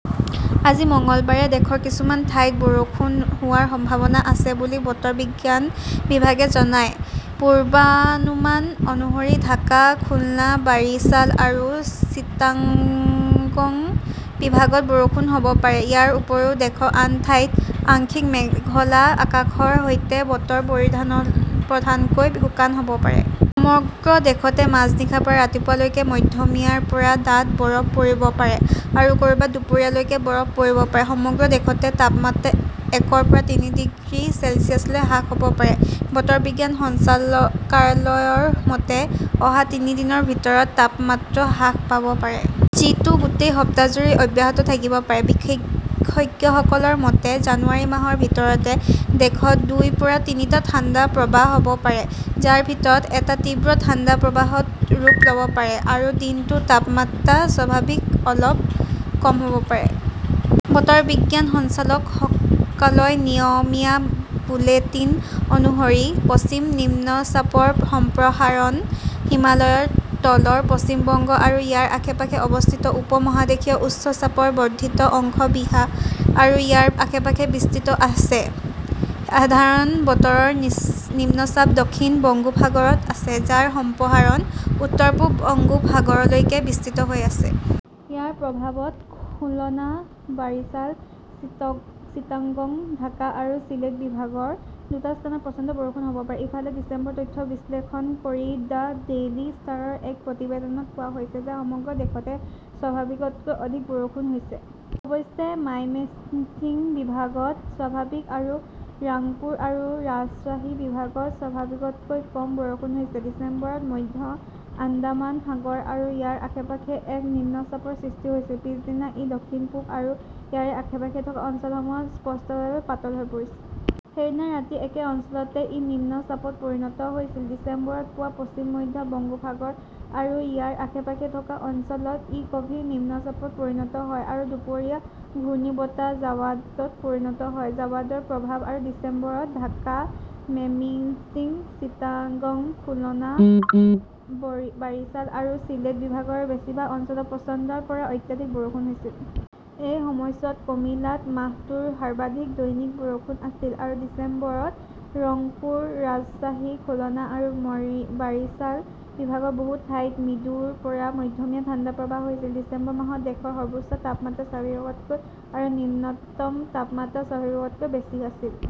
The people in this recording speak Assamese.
আজি মঙলবাৰে দেশৰ কিছুমান ঠাইত বৰষুণ হোৱাৰ সম্ভাৱনা আছে বুলি বতৰ বিজ্ঞান বিভাগে জনায়। পূৰ্বানুমান অনুসৰি ঢাকা, খুলনা, বাৰিছাল আৰু চিটাগং বিভাগত বৰষুণ হ'ব পাৰে। ইয়াৰ উপৰিও, দেশৰ আন ঠাইত আংশিক মেঘলা আকাশৰ সৈতে বতৰ প্ৰধানকৈ শুকান হ'ব পাৰে। সমগ্ৰ দেশতে মাজনিশাৰ পৰা ৰাতিপুৱা লৈকে মধ্যমীয়াৰ পৰা ডাঠ বৰফ পৰিব পাৰে আৰু ক'ৰবাত দুপৰীয়া লৈকে বৰফ পৰিব পাৰে। সমগ্ৰ দেশতে তাপমাত্ৰা একৰ পৰা তিনি ডিগ্ৰী চেলছিয়াছলৈ হ্ৰাস হ'ব পাৰে, বতৰ বিজ্ঞান সঞ্চালকালয়ৰ মতে, অহা তিনি দিনৰ ভিতৰত তাপমাত্ৰা হ্ৰাস পাব পাৰে। যিটো গোটেই সপ্তাহজুৰি অব্যাহত থাকিব পাৰে। বিশেষজ্ঞসকলৰ মতে, জানুৱাৰী মাহৰ ভিতৰতে দেশত দুইৰ পৰা তিনিটা ঠাণ্ডা প্ৰৱাহ হ'ব পাৰে। যাৰ ভিতৰত এটা তীব্ৰ ঠাণ্ডা প্ৰৱাহত ৰূপ ল 'ব পাৰে। আৰু দিনটোৰ তাপমাত্ৰা স্বাভাৱিকতকৈ অলপ কম হ'ব পাৰে। বতৰ বিজ্ঞান সঞ্চালকালয়ৰ নিয়মীয়া বুলেটিন অনুসৰি, পশ্চিম নিম্নচাপৰ সম্প্ৰসাৰণ হিমালয়ৰ তলৰ পশ্চিম বংগ আৰু ইয়াৰ আশে-পাশে অৱস্থিত। উপ-মহাদেশীয় উচ্চ চাপৰ বৰ্ধিত অংশ বিহাৰ আৰু ইয়াৰ আশে-পাশে বিস্তৃত হৈ আছে। সাধাৰণ বতৰৰ নিম্নচাপ দক্ষিণ বংগোপসাগৰত আছে, যাৰ সম্প্ৰসাৰণ উত্তৰ-পূব বংগোপসাগৰলৈকে বিস্তৃত হৈ আছে। ইয়াৰ প্ৰভাৱত খুলনা, বাৰিছাল, চিটাগং, ঢাকা আৰু চিলেট বিভাগৰ দুটা স্থানত প্ৰচণ্ড বৰষুণ হ'ব পাৰে। ইফালে, ডিচেম্বৰৰ তথ্য বিশ্লেষণ কৰি দ্য ডেইলী ষ্টাৰৰ এক প্ৰতিবেদনত কোৱা হৈছে যে, সমগ্ৰ দেশতে স্বাভাৱিকতকৈ অধিক বৰষুণ হৈছে। অৱশ্যে, মাইমেঞ্চিং বিভাগত স্বাভাৱিক আৰু ৰাংপুৰ আৰু ৰাজশ্বাহী বিভাগত স্বাভাৱিকতকৈ কম বৰষুণ হৈছে। ডিচেম্বৰত মধ্য আন্দামান সাগৰ আৰু ইয়াৰ আশে-পাশে এক নিম্নচাপৰ সৃষ্টি হৈছিল। পিছদিনা ই দক্ষিণ-পূব আৰু ইয়াৰ আশে-পাশে থকা অঞ্চলসমূহত স্পষ্টভাৱে পাতল হৈ পৰিছিল। সেইদিনা ৰাতি একে অঞ্চলতে ই নিম্ন চাপত পৰিণত হৈছিল। ডিচেম্বৰত পুৱা পশ্চিম-মধ্য বংগোপসাগৰ আৰু ইয়াৰ আশে-পাশে থকা অঞ্চলত ই গভীৰ নিম্ন চাপত পৰিণত হয় আৰু দুপৰীয়া ঘূৰ্ণীবতাহ "জাৱাদ" ত পৰিণত হয়। জাৱাদৰ প্ৰভাৱত আৰু ডিচেম্বৰত ঢাকা, মেমিন্সিং, চিটাগং, খুলনা, বাৰিছাল আৰু চিলেট বিভাগৰ বেছিভাগ অঞ্চলত প্ৰচণ্ডৰ পৰা অত্যাধিক বৰষুণ হৈছিল। এই সময়ছোৱাত কমিলাত মাহটোৰ সৰ্বাধিক দৈনিক বৰষুণ আছিল। আৰু ডিচেম্বৰত ৰাংপুৰ, ৰাজশ্বাহী, খুলনা আৰু বাৰিছাল বিভাগৰ বহু ঠাইত মৃদুৰ পৰা মধ্যমীয়া ঠাণ্ডা প্ৰৱাহ হৈছিল। ডিচেম্বৰ মাহত দেশৰ সৰ্বোচ্চ তাপমাত্ৰা স্বাভাৱিকতকৈ আৰু নিম্নতম তাপমাত্ৰা স্বাভাৱিকতকৈ বেছি আছিল